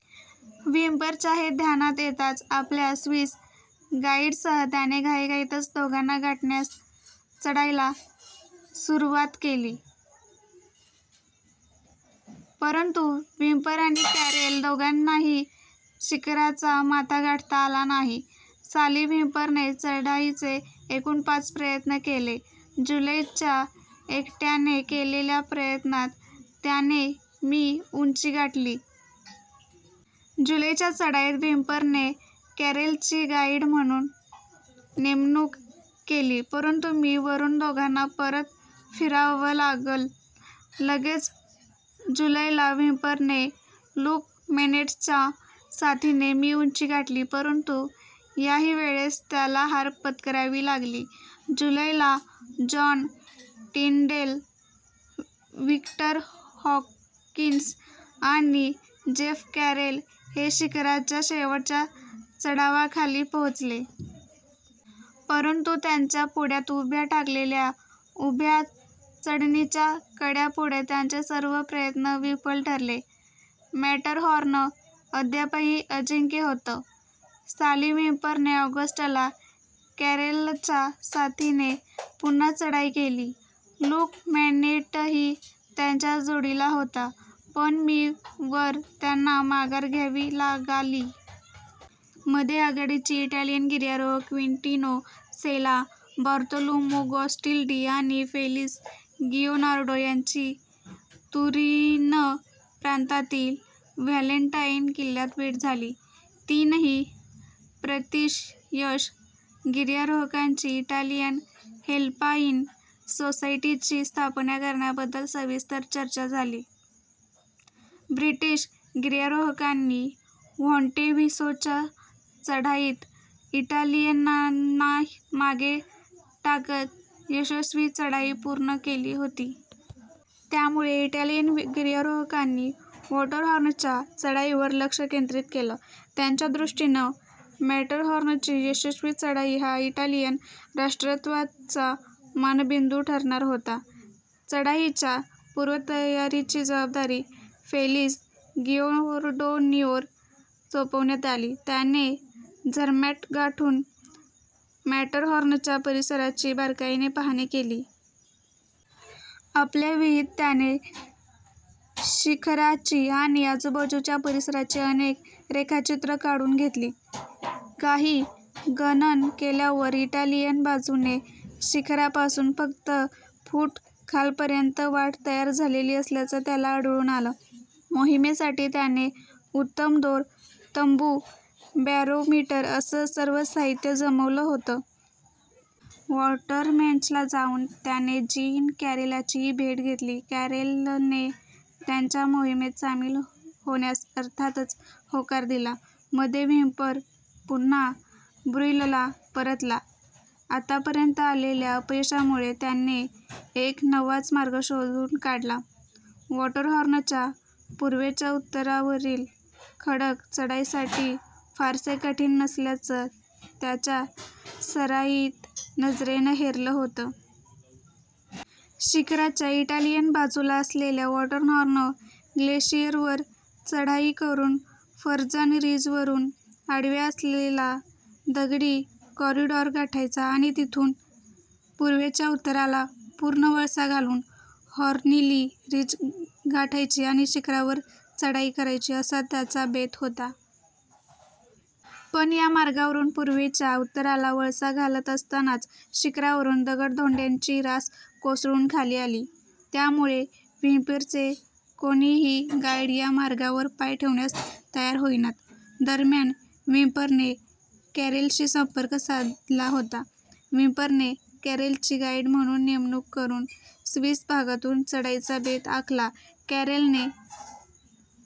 व्हिम्परच्या हे ध्यानात येताच आपल्या स्विस गाईडसह त्याने घाईघाईतच दोघांना गाठण्यास चढाईला सुरवात केली. परंतु व्हिम्पर आणि कॅरेल दोघांनाही शिखराचा माथा गाठता आला नाही. साली व्हिम्परने चढाईचे एकूण पाच प्रयत्न केले. जुलैच्या एकट्याने केलेल्या प्रयत्नात त्याने मी उंची गाठली. जुलैच्या चढाईत व्हिम्परने कॅरेलची गाईड म्हणून नेमणूक केली परंतु मी वरून दोघांना परत फिरावं लागलं. लगेच जुलैला व्हिम्परने लुक मेनेटच्या साथीने मी उंची गाठली, परंतु याही वेळेस त्याला हार पत्करावी लागली. जुलैला जॉन टिन्डेल, व्हिक्टर हॉकीन्स आणि जेफ कॅरेल हे शिखराच्या शेवटच्या चढावाखाली पोहोचले. परंतु त्यांच्या पुढ्यात उभ्या ठाकलेल्या उभ्या चढणीच्या कड्यापुढे त्यांचे सर्व प्रयत्न विफल ठरले. मॅटरहॉर्न अद्यापही अजिंक्य होतं! साली व्हिम्परने ऑगस्टला कॅरेलच्या साथीने पुन्हा चढाई केली. लुक मॅनेटही त्यांच्या जोडीला होता. पण मी वर त्यांना माघार घ्यावी लागाली. मध्ये आघाडीचे इटालियन गिर्यारोहक क्विंटीनो सेला. बार्थोलोमु गॅस्टाल्डी आणि फेलीस गिओर्डानो यांची तुरीन प्रांतातील व्हॅलेंटाईन किल्ल्यात भेट झाली. तीनही प्रतिशयश गिर्यारोहकांची इटालियन अल्पाईन सोसायटीची स्थापना करण्याबद्दल सविस्तर चर्चा झाली. ब्रिटीश गिर्यारोहकांनी मॉन्टेव्हिसोच्या चढाईत इटालियनांना मागे टाकत यशस्वी चढाई पूर्ण केली होती. त्यामुळे इटालियन गिर्यारोहकांनी मॅटरहॉर्नच्या चढाईवर लक्षं केंद्रीत केलं. त्यांच्या दृष्टीने मॅटरहॉर्नची यशस्वी चढाई हा इटालियन राष्ट्रीयत्वाचा मानबिंदू ठरणार होता. चढाईच्या पूर्वतयारीची जबाबदारी फेलीस गिओर्डीनोवर सोपवण्यात आली. त्याने झरमॅट गाठून मॅटरहॉर्नच्या परिसराची बारकाईने पाहणी केली. आपल्या वहीत त्याने शिखराची आणि आजूबाजूच्या परिसराची अनेक रेखाचित्रं काढून घेतली. काही गणन केल्यावर इटालियन बाजूने शिखरापासून फक्त फूट खालपर्यंत वाट तयार झालेली असल्याचं त्याला आढळून आलं. मोहीमेसाठी त्याने उत्तम दोर, तंबू, बॅरोमीटर असं सर्व साहीत्य जमवलं होतं. वॉल्टरमेन्चला जाऊन त्याने जीन कॅरेलचीही भेट घेतली. कॅरेलने त्यांच्या मोहीमेत सामील होण्यास अर्थातच होकार दिला. मध्ये व्हिम्पर पुन्हा ब्रुईलला परतला. आतपर्यंत आलेल्या अपयशामुळे त्याने एक नवाच मार्ग शोधून काढला. मॅटरहॉर्नच्या पूर्वेच्या उतारावरील खडक चढाईसाठी फारसे कठीन नसल्याचं त्याच्या सराईत नजरेने हेरलं होतं. शिखराच्या इटालियन बाजूला असलेल्या मॅटरहॉर्न ग्लेशीयरवर चढाई करून फर्जन रिजवरून आडव्या असलेला दगडी कॉरीडॉर गाठायचा आणि तिथून पूर्वेच्या उताराला पूर्ण वळसा घालून हॉर्नली रिज गाठायची आणि शिखरावर चढाई करायची असा त्याचा बेत होता. पण या मार्गावरून पूर्वेच्या उताराला वळसा घालत असतानाच शिखरावरून दगड-धोंड्यांची रास कोसळून खाली आली. त्यामुळे व्हिम्परचे कोणीही गाईड या मार्गावर पाय ठेवण्यास तयार होईनात. दरम्यान व्हिम्परने कॅरेलशी संपर्क साधला होता. व्हिम्परने कॅरेलची गाईड म्हणून नेमणूक करून स्विस भागातून चढाईचा बेत आखला. कॅरेलने